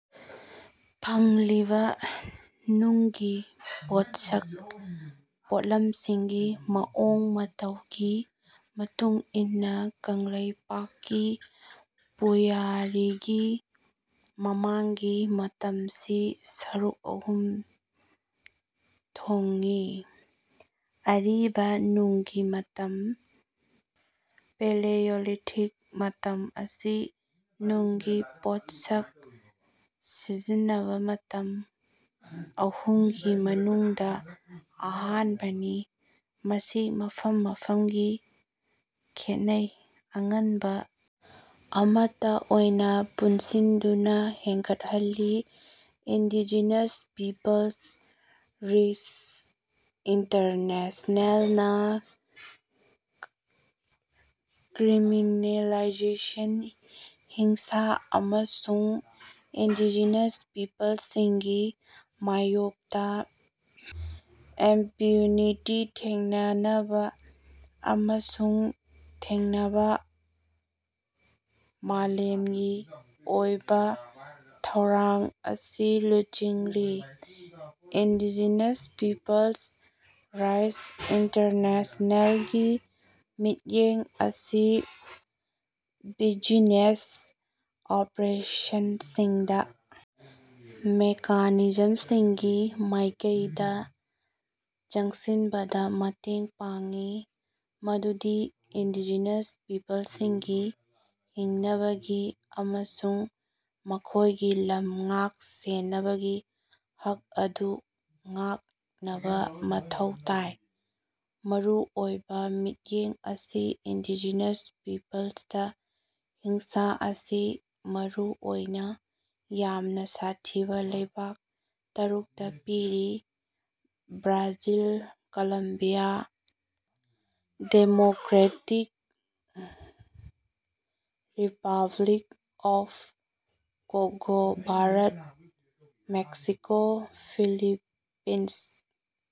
ꯐꯪꯂꯤꯕ ꯅꯨꯡꯒꯤ ꯄꯣꯠꯁꯛ ꯄꯣꯠꯂꯝꯁꯤꯡꯒꯤ ꯃꯑꯣꯡ ꯃꯇꯧꯒꯤ ꯃꯇꯨꯡꯏꯟꯅ ꯀꯪꯂꯩꯄꯥꯛꯀꯤ ꯄꯨꯋꯥꯔꯤꯒꯤ ꯃꯃꯥꯡꯒꯤ ꯃꯇꯝꯁꯤ ꯁꯔꯨꯛ ꯑꯍꯨꯝ ꯊꯣꯛꯏ꯫ ꯑꯔꯤꯕ ꯅꯨꯡꯒꯤ ꯃꯇꯝ ꯄꯦꯂꯤꯌꯣꯂꯤꯊꯤꯛ ꯃꯇꯝ ꯑꯁꯤ ꯅꯨꯡꯒꯤ ꯄꯣꯠꯁꯛ ꯁꯤꯖꯤꯟꯅꯕ ꯃꯇꯝ ꯑꯍꯨꯝꯒꯤ ꯃꯅꯨꯡꯗ ꯑꯍꯥꯟꯕ ꯅꯤ꯫ ꯃꯁꯤ ꯃꯐꯝ ꯃꯐꯝꯒꯤ ꯈꯦꯟꯅꯩ꯫ ꯑꯉꯟꯕ ꯑꯃꯠꯇ ꯑꯣꯏꯅ ꯄꯨꯟꯁꯤꯟꯗꯨꯅ ꯍꯦꯟꯒꯠꯍꯜꯂꯤ꯫ ꯏꯟꯗꯤꯖꯤꯅꯁ ꯄꯤꯄꯜ꯭ꯁ ꯔꯥꯏꯠꯁ ꯏꯟꯇꯔꯅꯦꯁꯅꯦꯜ ꯅꯥ ꯀ꯭ꯔꯤꯃꯤꯅꯦꯂꯥꯏꯖꯦꯁꯟ ꯍꯤꯡꯁꯥ ꯑꯃꯁꯨꯡ ꯏꯟꯗꯤꯖꯦꯅꯁ ꯄꯤꯄꯜꯁꯤꯡꯒꯤ ꯃꯥꯌꯣꯛꯇꯥ ꯏꯝꯄ꯭ꯌꯨꯅꯤꯇꯤ ꯊꯦꯡꯅꯅꯕꯥ ꯑꯃꯁꯨꯡ ꯊꯤꯡꯅꯕꯥ ꯃꯥꯂꯦꯝꯒꯤ ꯑꯣꯏꯕꯥ ꯊꯧꯔꯥꯡ ꯑꯁꯤ ꯂꯨꯆꯤꯡꯂꯤ꯫ ꯏꯟꯗꯤꯖꯤꯅꯁ ꯄꯤꯄꯜ꯭ꯁ ꯔꯥꯏꯠꯁ ꯏꯟꯇꯔꯅꯦꯁꯅꯦꯜ ꯒꯤ ꯃꯤꯠꯌꯦꯡ ꯑꯁꯤ ꯕꯤꯖꯤꯅꯦꯁ ꯑꯣꯄꯔꯦꯁꯟꯁꯤꯡꯗꯥ ꯃꯦꯀꯥꯅꯤꯖꯝꯁꯤꯡꯒꯤ ꯃꯥꯏꯀꯩꯗꯥ ꯆꯪꯁꯤꯟꯕꯗꯥ ꯃꯇꯦꯡ ꯄꯥꯡꯏ ꯃꯗꯨꯗꯤ ꯏꯟꯗꯤꯖꯤꯅꯁ ꯄꯤꯄꯜꯁꯤꯡꯒꯤ ꯍꯤꯡꯅꯕꯒꯤ ꯑꯃꯁꯨꯡ ꯃꯈꯣꯏꯒꯤ ꯂꯝ ꯉꯥꯛ ꯁꯦꯅꯕꯒꯤ ꯍꯛ ꯑꯗꯨ ꯉꯥꯛꯅꯕꯥ ꯃꯊꯧ ꯇꯥꯏ꯫ ꯃꯔꯨꯑꯣꯏꯕꯥ ꯃꯤꯠꯌꯦꯡ ꯑꯁꯤ ꯏꯟꯗꯤꯖꯤꯅꯁ ꯄꯤꯄꯜꯁꯇꯥ ꯍꯤꯡꯁꯥ ꯑꯁꯤ ꯃꯔꯨꯑꯣꯏꯅꯥ ꯌꯥꯝꯅꯥ ꯁꯥꯊꯤꯕꯥ ꯂꯩꯕꯥꯛ ꯇꯔꯨꯛꯇꯥ ꯄꯤꯔꯤ Brazil Colombia Democratic Republic of Congo Bharat Mexico Philippines.